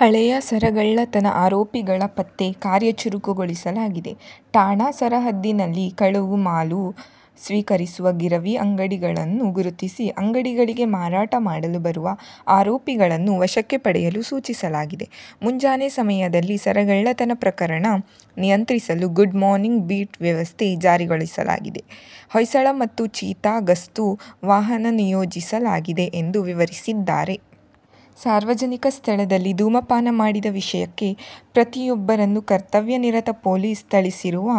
ಹಳೆಯ ಸರಗಳ್ಳತನ ಆರೋಪಿಗಳ ಪತ್ತೆ ಕಾರ್ಯ ಚುರುಕುಗೊಳಿಸಲಾಗಿದೆ. ಠಾಣಾ ಸರಹದ್ದಿನಲ್ಲಿ ಕಳವು ಮಾಲು ಸ್ವೀಕರಿಸುವ ಗಿರವಿ ಅಂಗಡಿಗಳನ್ನು ಗುರುತಿಸಿ ಅಂಗಡಿಗಳಿಗೆ ಮಾರಾಟ ಮಾಡಲು ಬರುವ ಆರೋಪಿಗಳನ್ನು ವಶಕ್ಕೆ ಪಡೆಯಲು ಸೂಚಿಸಲಾಗಿದೆ. ಮುಂಜಾನೆ ಸಮಯದಲ್ಲಿ ಸರಗಳ್ಳತನ ಪ್ರಕರಣ ನಿಯಂತ್ರಿಸಲು ಗುಡ್ ಮಾರ್ನಿಂಗ್ ಬೀಟ್ ವ್ಯವಸ್ಥೆ ಜಾರಿಗೊಳಿಸಲಾಗಿದೆ. ಹೊಯ್ಸಳ ಮತ್ತು ಚೀತಾ ಗಸ್ತು ವಾಹನ ನಿಯೋಜಿಸಲಾಗಿದೆ ಎಂದು ವಿವರಿಸಿದ್ದಾರೆ. ಸಾರ್ವಜನಿಕ ಸ್ಥಳದಲ್ಲಿ ಧೂಮಪಾನ ಮಾಡಿದ ವಿಷಯಕ್ಕೆ ವ್ಯಕ್ತಿಯೊಬ್ಬರನ್ನು ಕರ್ತವ್ಯ ನಿರತ ಪೊಲೀಸ್ ಥಳಿಸಿರುವ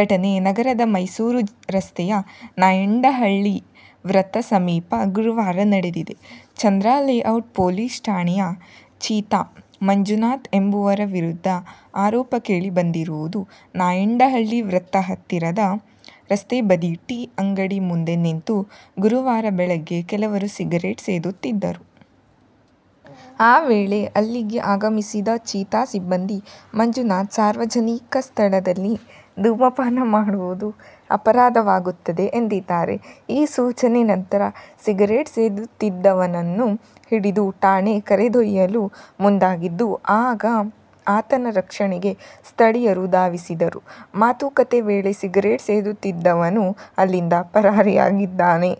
ಘಟನೆ ನಗರದ ಮೈಸೂರು ರಸ್ತೆಯ ನಾಯಂಡಹಳ್ಳಿ ವೃತ್ತ ಸಮೀಪ ಗುರುವಾರ ನಡೆದಿದೆ. ಚಂದ್ರಾಲೇಔಟ್ ಪೊಲೀಸ್ ಠಾಣೆಯ ''''''ಚೀತಾ'' ಮಂಜುನಾಥ ಎಂಬುವರ ವಿರುದ್ಧ ಆರೋಪ ಕೇಳಿ ಬಂದಿರುವುದು. ನಾಯಂಡಹಳ್ಳಿ ವೃತ್ತ ಹತ್ತಿರದ ರಸ್ತೆ ಬದಿ ಟೀ ಅಂಗಡಿ ಮುಂದೆ ನಿಂತು ಗುರುವಾರ ಬೆಳಗ್ಗೆ ಕೆಲವರು ಸಿಗರೇಟ್ ಸೇದುತ್ತಿದ್ದರು. ಆ ವೇಳೆ ಅಲ್ಲಿಗೆ ಆಗಮಿಸಿದ ಚೀತಾ ಸಿಬ್ಬಂದಿ ಮಂಜುನಾಥ, ಸಾರ್ವಜನಿಕ ಸ್ಥಳದಲ್ಲಿ ಧೂಮಪಾನ ಮಾಡುವುದು ಅಪರಾಧವಾಗುತ್ತದೆ ಎಂದಿದ್ದಾರೆ. ಈ ಸೂಚನೆ ನಂತರ ಸಿಗರೇಟ್ ಸೇದುತ್ತಿದ್ದವನನ್ನು ಹಿಡಿದು ಠಾಣೆ ಕರೆದೊಯ್ಯಲು ಮುಂದಾಗಿದ್ದು, ಆಗ ಆತನ ರಕ್ಷಣೆಗೆ ಸ್ಥಳೀಯರು ಧಾವಿಸಿದರು. ಮಾತುಕತೆ ವೇಳೆ ಸಿಗರೇಟ್ ಸೇದುತ್ತಿದ್ದವನು ಅಲ್ಲಿಂದ ಪರಾರಿಯಾಗಿದ್ದಾನೆ.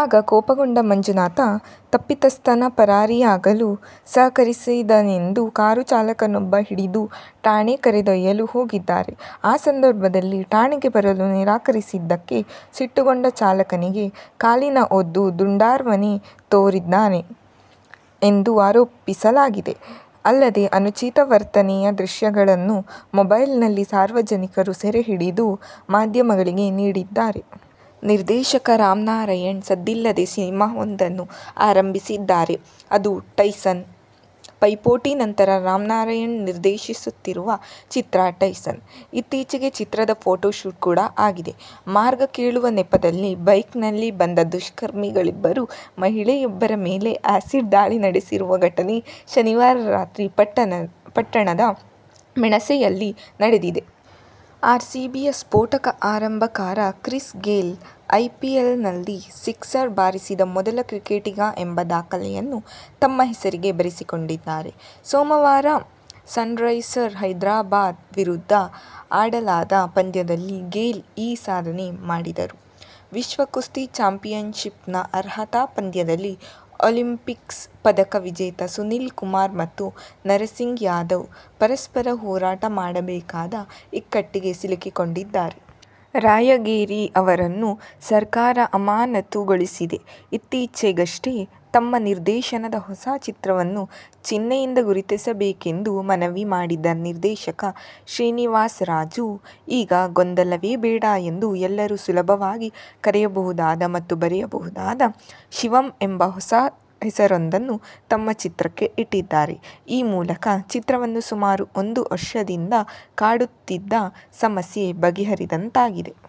ಆಗ ಕೋಪಗೊಂಡ ಮಂಜುನಾಥ, ತಪ್ಪಿತಸ್ಥನ ಪರಾರಿಯಾಗಲು ಸಹಕರಿಸಿದನೆಂದು ಕಾರು ಚಾಲಕನೊಬ್ಬನನ್ನು ಹಿಡಿದು ಠಾಣೆ ಕರೆದೊಯ್ಯಲು ಹೋಗಿದ್ದಾರೆ. ಆ ಸಂದರ್ಭದಲ್ಲಿ ಠಾಣೆಗೆ ಬರಲು ನಿರಾಕರಿಸಿದಕ್ಕೆ ಸಿಟ್ಟುಗೊಂಡು ಚಾಲಕನಿಗೆ ಕಾಲಿನ ಒದ್ದು ದುಂಡಾರ್ವನೆ ತೋರಿದ್ದಾರೆ ಎಂದು ಆರೋಪಿಸಲಾಗಿದೆ. ಅಲ್ಲದೆ ಅನುಚಿತ ವರ್ತನೆಯ ದೃಶ್ಯಗಳನ್ನು ಮೊಬೈಲ್ನಲ್ಲಿ ಸಾರ್ವಜನಿಕರು ಸೆರೆ ಹಿಡಿದು ಮಾಧ್ಯಮಗಳಿಗೆ ನೀಡಿದ್ದಾರೆ. ನಿರ್ದೇಶಕ ರಾಮ್ನಾರಾಯಣ್ ಸದ್ದಿಲ್ಲದೇ ಸಿನಿಮಾವೊಂದನ್ನು ಆರಂಭಿಸಿದ್ದಾರೆ. ಅದು "ಟೈಸನ್'. "ಪೈಪೋಟಿ' ನಂತರ ರಾಮ್ನಾರಾಯಣ್ ನಿರ್ದೇಶಿಸುತ್ತಿರುವ ಚಿತ್ರ "ಟೈಸನ್'. ಇತ್ತೀಚೆಗೆ ಚಿತ್ರದ ಫೋಟೋಶೂಟ್ ಕೂಡಾ ಆಗಿದೆ. ಮಾರ್ಗ ಕೇಳುವ ನೆಪದಲ್ಲಿ ಬೈಕ್ನಲ್ಲಿ ಬಂದ ದುಷ್ಕರ್ಮಿಗಳಿಬ್ಬರು ಮಹಿಳೆಯೊಬ್ಬರ ಮೇಲೆ ಆ್ಯಸಿಡ್ ದಾಳಿ ನಡೆಸಿರುವ ಘಟನೆ ಶನಿವಾರ ರಾತ್ರಿ ಪಟ್ಟಣದ ಮೆಣಸೆಯಲ್ಲಿ ನಡೆದಿದೆ. ಆರ್ಸಿಬಿಯ ಸ್ಫೋಟಕ ಆರಂಭಕಾರ ಕ್ರಿಸ್ ಗೇಲ್ ಐಪಿಎಲ್ನಲ್ಲಿ ಸಿಕ್ಸರ್ ಬಾರಿಸಿದ ಮೊದಲ ಕ್ರಿಕೆಟಿಗ ಎಂಬ ದಾಖಲೆಯನ್ನು ತಮ್ಮ ಹೆಸರಿಗೆ ಬರೆಸಿಕೊಂಡಿದ್ದಾರೆ. ಸೋಮವಾರ ಸನ್ರೈಸರ್ ಹೈದರಾಬಾದ್ ವಿರುದ್ಧ ಆಡಲಾದ ಪಂದ್ಯದಲ್ಲಿ ಗೇಲ್ ಈ ಸಾಧನೆ ಮಾಡಿದರು. ವಿಶ್ವ ಕುಸ್ತಿ ಚಾಂಪಿಯನ್ಶಿಪ್ನ ಅರ್ಹತಾ ಪಂದ್ಯದಲ್ಲಿ ಒಲಿಂಪಿಕ್ಸ್ ಪದಕ ವಿಜೇತ ಸುಶೀಲ್ ಕುಮಾರ್ ಮತ್ತು ನರಸಿಂಗ ಯಾದವ್ ಪರಸ್ಪರ ಹೋರಾಟ ಮಾಡಬೇಕಾದ ಇಕ್ಕಟ್ಟಿಗೆ ಸಿಲುಕಿಕೊಂಡಿದ್ದಾರೆ. ರಾಯಗೇರಿ ಅವರನ್ನು ಸರ್ಕಾರ ಅಮಾನತುಗೊಳಿಸಿದೆ. ಇತ್ತೀಚೆಗಷ್ಟೇ ತಮ್ಮ ನಿರ್ದೇಶನದ ಹೊಸ ಚಿತ್ರವನ್ನು ಚಿಹ್ನೆಯಿಂದ ಗುರುತಿಸಬೇಕೆಂದು ಮನವಿ ಮಾಡಿದ್ದ ನಿರ್ದೇಶಕ ಶ್ರೀನಿವಾಸರಾಜು, ಈಗ ಗೊಂದಲವೇ ಬೇಡ ಎಂದು ಎಲ್ಲರೂ ಸುಲಭವಾಗಿ ಕರೆಯಬಹುದಾದ ಮತ್ತು ಬರೆಯಬಹುದಾದ "ಶಿವಂ' ಎಂಬ ಹೊಸ ಹೆಸರೊಂದನ್ನು ತಮ್ಮ ಚಿತ್ರಕ್ಕೆ ಇಟ್ಟಿದ್ದಾರೆ. ಈ ಮೂಲಕ ಚಿತ್ರವನ್ನು ಸುಮಾರು ಒಂದು ವರ್ಷದಿಂದ ಕಾಡುತ್ತಿದ್ದ ಸಮಸ್ಯೆ ಬಗೆಹರಿದಂತಾಗಿದೆ.